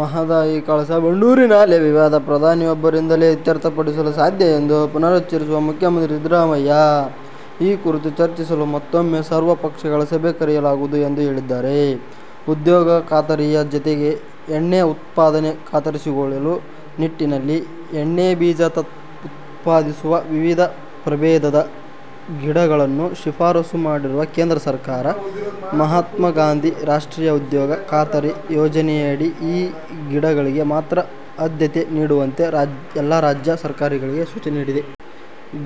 ಮಹದಾಯಿ, ಕಳಸಾ ಬಂಡೂರಿ ನಾಲೆ ವಿವಾದ ಪ್ರಧಾನಿಯೊಬ್ಬರಿಂದಲೇ ಇತ್ಯರ್ಥಪಡಿಸಲು ಸಾಧ್ಯ ಎಂದು ಪುನರುಚ್ಚರಿಸಿರುವ ಮುಖ್ಯಮಂತ್ರಿ ಸಿದ್ದರಾಮಯ್ಯ, ಈ ಕುರಿತು ಚರ್ಚಿಸಲು ಮತ್ತೂಮ್ಮೆ ಸರ್ವಪಕ್ಷಗಳ ಸಭೆ ಕರೆಯಲಾಗುವುದು ಎಂದು ಹೇಳಿದರು. ಉದ್ಯೋಗ ಖಾತರಿಯ ಜತೆಗೆ ಎಣ್ಣೆ ಉತ್ಪಾದನೆ ಖಾತರಿಗೊಳಿಸುವ ನಿಟ್ಟಿನಲ್ಲಿ ಎಣ್ಣೆ ಬೀಜ ಉತ್ಪಾದಿಸುವ ವಿವಿಧ ಪ್ರಬೇಧದ ಗಿಡಗಳನ್ನು ಶಿಫಾರಸು ಮಾಡಿರುವ ಕೇಂದ್ರ ಸರ್ಕಾರ, ಮಹಾತ್ಮಗಾಂಧಿ ರಾಷ್ಟ್ರೀಯ ಉದ್ಯೋಗ ಖಾತರಿ ಯೋಜನೆಯಡಿ ಈ ಗಿಡಗಳಿಗೆ ಮಾತ್ರ ಆದ್ಯತೆ ನೀಡುವಂತೆ ಎಲ್ಲ ರಾಜ್ಯ ಸರ್ಕಾರಗಳಿಗೆ ಸೂಚನೆ ನೀಡಿದೆ.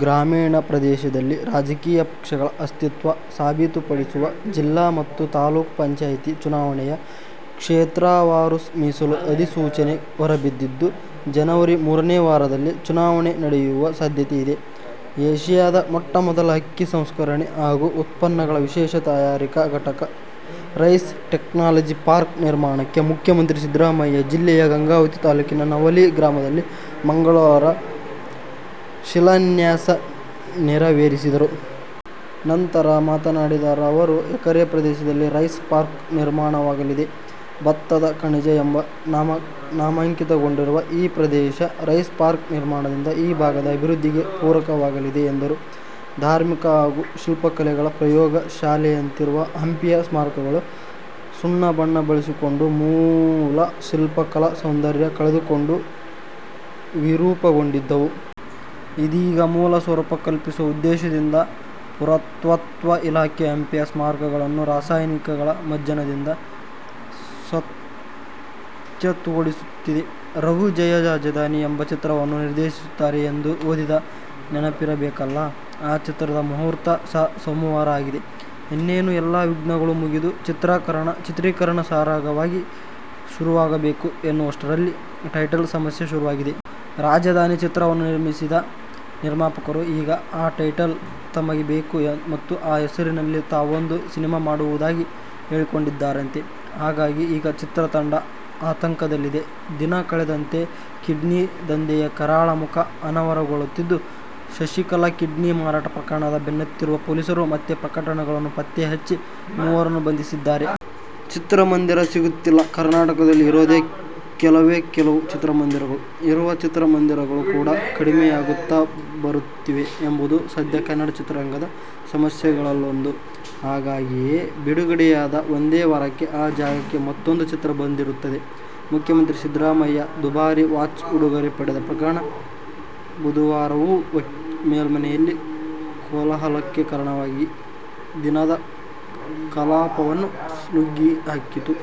ಗ್ರಾಮೀಣ ಪ್ರದೇಶದಲ್ಲಿ ರಾಜಕೀಯ ಪಕ್ಷಗಳ ಅಸ್ತಿತ್ವ ಸಾಬೀತುಪಡಿಸುವ ಜಿಲ್ಲಾ ಮತ್ತು ತಾಲೂಕು ಪಂಚಾಯಿತಿ ಚುನಾವಣೆಯ ಕ್ಷೇತ್ರವಾರು ಮೀಸಲು ಅಧಿಸೂಚನೆ ಹೊರಬಿದ್ದಿದ್ದು, ಜನವರಿ ಮೂರನೇ ವಾರದಲ್ಲಿ ಚುನಾವಣೆ ನಡೆಯುವ ಸಾಧ್ಯತೆಯಿದೆ. ಏಷಿಯಾದ ಮೊಟ್ಟ ಮೊದಲ ಅಕ್ಕಿ ಸಂಸ್ಕರಣೆ ಹಾಗೂ ಉತ್ಪನ್ನಗಳ ವಿಶೇಷ ತಯಾರಿಕಾ ಘಟಕ ರೈಸ್ ಟೆಕ್ನಾಲಜಿ ಪಾರ್ಕ್ ನಿರ್ಮಾಣಕ್ಕೆ ಮುಖ್ಯಮಂತ್ರಿ ಸಿದ್ದರಾಮಯ್ಯ ಜಿಲ್ಲೆಯ ಗಂಗಾವತಿ ತಾಲೂಕಿನ ನವಲಿ ಗ್ರಾಮದಲ್ಲಿ ಮಂಗಳವಾರ ಶಿಲಾನ್ಯಾಸ ನೆರವೇರಿಸಿದರು. ನಂತರ ಮಾತನಾಡಿದ ಅವರು, ಎಕರೆ ಪ್ರದೇಶದಲ್ಲಿ ರೈಸ್ ಪಾರ್ಕ್ ನಿರ್ಮಾಣವಾಗಲಿದೆ. ಭತ್ತದ ಕಣಜ ಎಂಬ ನಾಮಾಂಕಿತಗೊಂಡಿರುವ ಈ ಪ್ರದೇಶ ರೈಸ್ ಪಾರ್ಕ್ ನಿರ್ಮಾಣದಿಂದ ಈ ಭಾಗದ ಅಭಿವೃದ್ಧಿಗೆ ಪೂರಕವಾಗಲಿದೆ ಎಂದರು. ಧಾರ್ಮಿಕ ಹಾಗೂ ಶಿಲ್ಪಕಲೆಗಳ ಪ್ರಯೋಗ ಶಾಲೆಯಂತಿರುವ ಹಂಪಿಯ ಸ್ಮಾರಕಗಳು ಸುಣ್ಣ ಬಣ್ಣ ಬಳಿಸಿಕೊಂಡು ಮೂಲ ಶಿಲ್ಪಕಲಾ ಸೌಂದರ್ಯ ಕಳೆದುಕೊಂಡು ವಿರೂಪಗೊಂಡಿದ್ದವು. ಇದೀಗ ಮೂಲ ಸ್ವರೂಪ ಕಲ್ಪಿಸುವ ಉದ್ದೇಶದಿಂದ ಪುರಾತತ್ವ ಇಲಾಖೆ ಹಂಪಿಯ ಸ್ಮಾರಕಗಳನ್ನು ರಾಸಾಯನಿಕಗಳ ಮಜ್ಜನದಿಂದ ಸ್ವತ್ಛಗೊಳಿಸುತ್ತಿದೆ. ರಘು ಜಯ "ರಾಜಧಾನಿ ' ಎಂಬ ಚಿತ್ರವನ್ನು ನಿರ್ದೇಶಿಸುತ್ತಾರೆ ಎಂದು ಓದಿದ ನೆನಪಿರಬೇಕಲ್ಲಾ? ಆ ಚಿತ್ರದ ಮುಹೂರ್ತ ಸಹ ಸೋಮವಾರ ಆಗಿದೆ. ಇನ್ನೇನು ಎಲ್ಲಾ ವಿಘ್ನಗಳು ಮುಗಿದು, ಚಿತ್ರೀಕರಣ ಸರಾಗವಾಗಿ ಶುರುವಾಗಬೇಕು ಎನ್ನುವಷ್ಟರಲ್ಲಿ ಟೈಟಲ್ ಸಮಸ್ಯೆ ಶುರುವಾಗಿದೆ. "ರಾಜಧಾನಿ' ಚಿತ್ರವನ್ನು ನಿರ್ಮಿಸಿದ್ದ ನಿರ್ಮಾಪಕರು, ಈಗ ಆ ಟೈಟಲ್ ತಮಗೆ ಬೇಕು ಮತ್ತು ಆ ಹೆಸರಿನಲ್ಲಿ ತಾವೊಂದು ಸಿನಿಮಾ ಮಾಡುವುದಾಗಿ ಹೇಳಿಕೊಂಡಿದ್ದಾರಂತೆ. ಹಾಗಾಗಿ ಈಗ ಚಿತ್ರತಂಡ ಆತಂಕದಲ್ಲಿದೆ. ದಿನ ಕಳೆದಂತೆ ಕಿಡ್ನಿ ದಂಧೆಯ ಕರಾಳ ಮುಖ ಅನಾವರಣಗೊಳ್ಳುತ್ತಿದ್ದು, ಶಶಿಕಲಾ ಕಿಡ್ನಿ ಮಾರಾಟ ಪ್ರಕರಣದ ಬೆನ್ನತ್ತಿರುವ ಪೊಲೀಸರು ಮತ್ತೆ ಪ್ರಕರಣಗಳನ್ನು ಪತ್ತೆ ಹಚ್ಚಿ, ಮೂವರನ್ನು ಬಂಧಿಸಿದ್ದಾರೆ. ಚಿತ್ರಮಂದಿರ ಸಿಗುತ್ತಿಲ್ಲ, ಕರ್ನಾಟಕದಲ್ಲಿ ಇರೋದೇ ಕೆಲವೇ ಕೆಲವು ಚಿತ್ರಮಂದಿರಗಳು. ಇರುವ ಚಿತ್ರಮಂದಿರಗಳು ಕೂಡಾ ಕಡಿಮೆಯಾಗುತ್ತಾ ಬರುತ್ತಿವೆ ಎಂಬುದು ಸದ್ಯ ಕನ್ನಡ ಚಿತ್ರರಂಗದ ಸಮಸ್ಯೆಗಳಲ್ಲೊಂದು. ಹಾಗಾಗಿಯೇ ಬಿಡುಗಡೆಯಾದ ಒಂದೇ ವಾರಕ್ಕೆ ಆ ಜಾಗಕ್ಕೆ ಮತ್ತೂಂದು ಚಿತ್ರ ಬಂದಿರುತ್ತದೆ. ಮುಖ್ಯಮಂತ್ರಿ ಸಿದ್ದರಾಮಯ್ಯ ದುಬಾರಿ ವಾಚ್ ಉಡುಗೊರೆ ಪಡೆದ ಪ್ರಕರಣ ಬುಧವಾರವೂ ಮೇಲ್ಮನೆಯಲ್ಲಿ ಕೋಲಾಹಲಕ್ಕೆ ಕಾರಣವಾಗಿ ದಿನದ ಕಲಾಪವನ್ನು ನುಂಗಿಹಾಕಿತು.